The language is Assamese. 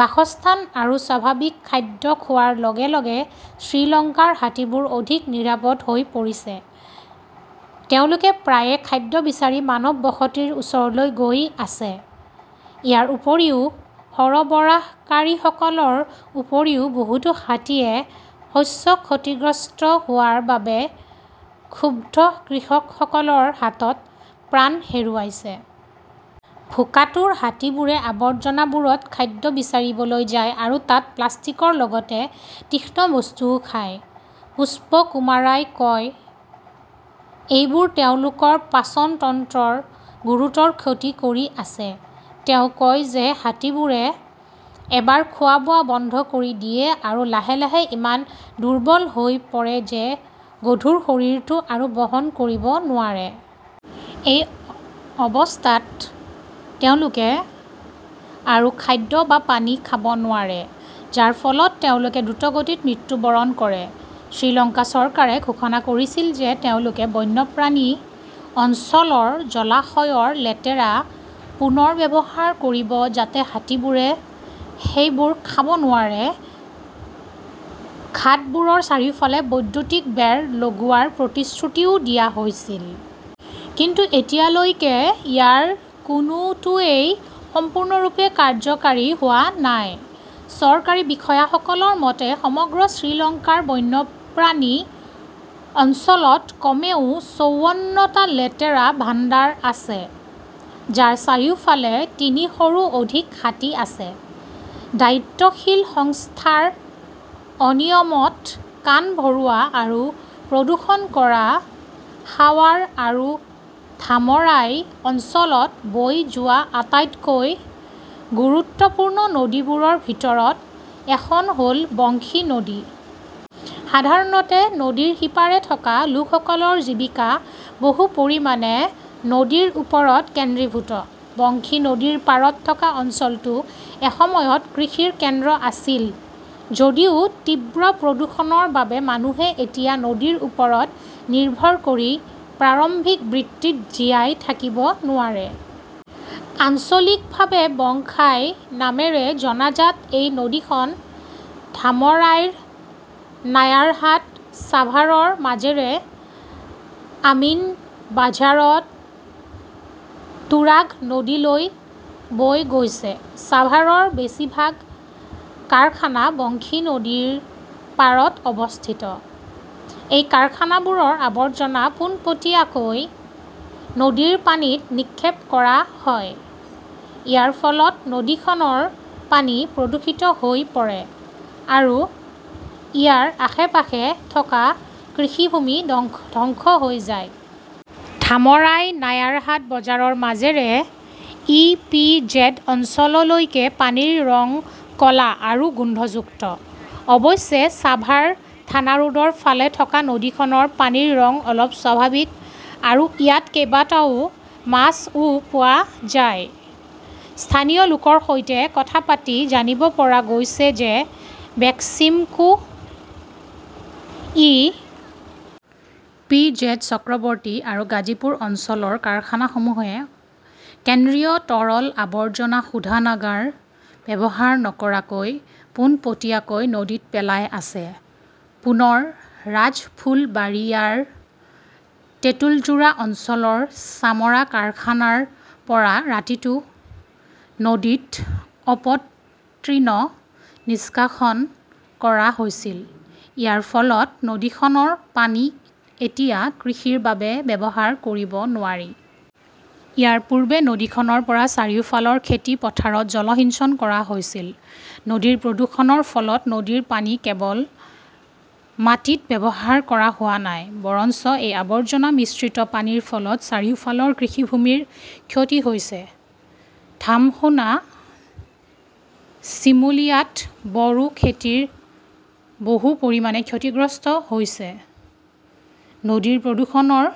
বাসস্থান আৰু স্বাভাৱিক খাদ্য খোৱাৰ লগে লগে শ্ৰীলংকাৰ হাতীবোৰ অধিক নিৰাপদ হৈ পৰিছে। তেওঁলোকে প্ৰায়ে খাদ্য বিচাৰি মানৱ বসতিৰ ওচৰলৈ গৈ আছে। ইয়াৰ উপৰিও সৰবৰাহকাৰীসকলৰ উপৰিও বহুতো হাতীয়ে শস্য ক্ষতিগ্ৰস্ত হোৱাৰ বাবে ক্ষুব্ধ কৃষকসকলৰ হাতত প্ৰাণ হেৰুৱাইছে। ভোকাতুৰ হাতীবোৰে আৱৰ্জনাবোৰত খাদ্য বিচাৰিবলৈ যায় আৰু তাত প্লাষ্টিকৰ লগতে তীক্ষ্ণ বস্তুও খায়, পুষ্পকুমাৰাই কয়। এইবোৰে তেওঁলোকৰ পাচন তন্ত্ৰৰ গুৰুতৰ ক্ষতি কৰি আছে। তেওঁ কয় যে হাতীবোৰে এবাৰ খোৱা-বোৱা বন্ধ কৰি দিয়ে আৰু লাহে লাহে ইমান দুৰ্বল হৈ পৰে যে গধুৰ শৰীৰটো আৰু বহন কৰিব নোৱাৰে। এই অৱস্থাত তেওঁলোকে আৰু খাদ্য বা পানী খাব নোৱাৰে, যাৰ ফলত তেওঁলোক দ্ৰুতগতিত মৃত্যুবৰণ কৰে। শ্ৰীলংকা চৰকাৰে ঘোষণা কৰিছিল যে তেওঁলোকে বন্যপ্ৰাণী অঞ্চলৰ জলাশয়ৰ লেতেৰা পুনৰ্ব্যৱহাৰ কৰিব যাতে হাতীবোৰে সেইবোৰ খাব নোৱাৰে। ঘাটবোৰৰ চাৰিওফালে বৈদ্যুতিক বেৰ লগোৱাৰ প্ৰতিশ্ৰুতিও দিয়া হৈছিল। কিন্তু এতিয়ালৈকে ইয়াৰ কোনোটোৱেই সম্পূৰ্ণৰূপে কাৰ্যকৰী হোৱা নাই। চৰকাৰী বিষয়াসকলৰ মতে, সমগ্ৰ শ্ৰীলংকাৰ বন্যপ্ৰাণী অঞ্চলত কমেও চৌৱন্নটা লেতেৰা ভাণ্ডাৰ আছে, যাৰ চাৰিওফালে তিনিশৰো অধিক হাতী আছে। দায়িত্বশীল সংস্থাৰ অনিয়মত কাণ ভৰোৱা আৰু প্ৰদূষণ কৰা সাৱাৰ আৰু ধামৰাই অঞ্চলত বৈ যোৱা আটাইতকৈ গুৰুত্বপূৰ্ণ নদীবোৰৰ ভিতৰত এখন হ'ল বংশী নদী। সাধাৰণতে নদীৰ সিপাৰে থকা লোকসকলৰ জীৱিকা বহু পৰিমাণে নদীৰ ওপৰত কেন্দ্ৰীভূত। বংশী নদীৰ পাৰত থকা অঞ্চলটো এসময়ত কৃষিৰ কেন্দ্ৰ আছিল যদিও তীব্ৰ প্ৰদূষণৰ বাবে মানুহে এতিয়া নদীৰ ওপৰত নিৰ্ভৰ কৰি প্ৰাৰম্ভিক বৃত্তিত জীয়াই থাকিব নোৱাৰে। আঞ্চলিকভাৱে "বংশাই" নামেৰে জনাজাত এই নদীখন ধামৰাইৰ নায়াৰহাট-ছাভাৰৰ মাজেৰে আমিনবাঝাৰত তুৰাগ নদীলৈ বৈ গৈছে। ছাভাৰৰ বেছিভাগ কাৰখানা বংশী নদীৰ পাৰত অৱস্থিত। এই কাৰখানাবোৰৰ আৱৰ্জনা পোনপটীয়াকৈ নদীৰ পানীত নিক্ষেপ কৰা হয়। ইয়াৰ ফলত নদীখনৰ পানী প্ৰদূষিত হৈ পৰে আৰু ইয়াৰ আশে-পাশে থকা কৃষিভূমি ধ্বংস হৈ যায়। ধামৰাইৰ নায়াৰহাট বজাৰৰ মাজেৰে ই. পি. জেড. অঞ্চললৈকে পানীৰ ৰং ক'লা আৰু গোন্ধযুক্ত। অৱশ্যে, ছাভাৰ থানাৰোডৰ ফালে থকা নদীখনৰ পানীৰ ৰং অলপ স্বাভাৱিক আৰু ইয়াত কেইবাটাও মাছও পোৱা যায়। স্থানীয় লোকৰ সৈতে কথা পাতি জানিব পৰা গৈছে যে Beximco, E. P. Z., Chakraborty আৰু গাজিপুৰ অঞ্চলৰ কাৰখানাসমূহে কেন্দ্ৰীয় তৰল আৱৰ্জনা শোধনাগাৰ ব্যৱহাৰ নকৰাকৈ পোনপটীয়াকৈ নদীত পেলাই আছে। পুনৰ ৰাজফুলবাৰিয়াৰ তেঁতুলজোৰা অঞ্চলৰ চামৰা কাৰখানাৰ পৰা ৰাতিটো নদীত অপতৃণ নিষ্কাশন কৰা হৈছিল। ইয়াৰ ফলত নদীখনৰ পানী এতিয়া কৃষিৰ বাবে ব্যৱহাৰ কৰিব নোৱাৰি। ইয়াৰ পূৰ্বে নদীখনৰ পৰা চাৰিওফালৰ খেতি পথাৰত জলসিঞ্চন কৰা হৈছিল। নদীৰ প্ৰদূষণৰ ফলত নদীৰ পানী কেৱল মাটিত ব্যৱহাৰ কৰা হোৱা নাই, বৰঞ্চ এই আৱৰ্জনা মিশ্ৰিত পানীৰ ফলত চাৰিওফালৰ কৃষিভূমিৰ ক্ষতি হৈছে। ধামসোনা, চিমুলিয়াত বৰো খেতি বহু পৰিমাণে ক্ষতিগ্ৰস্ত হৈছে। নদীৰ প্ৰদূষণৰ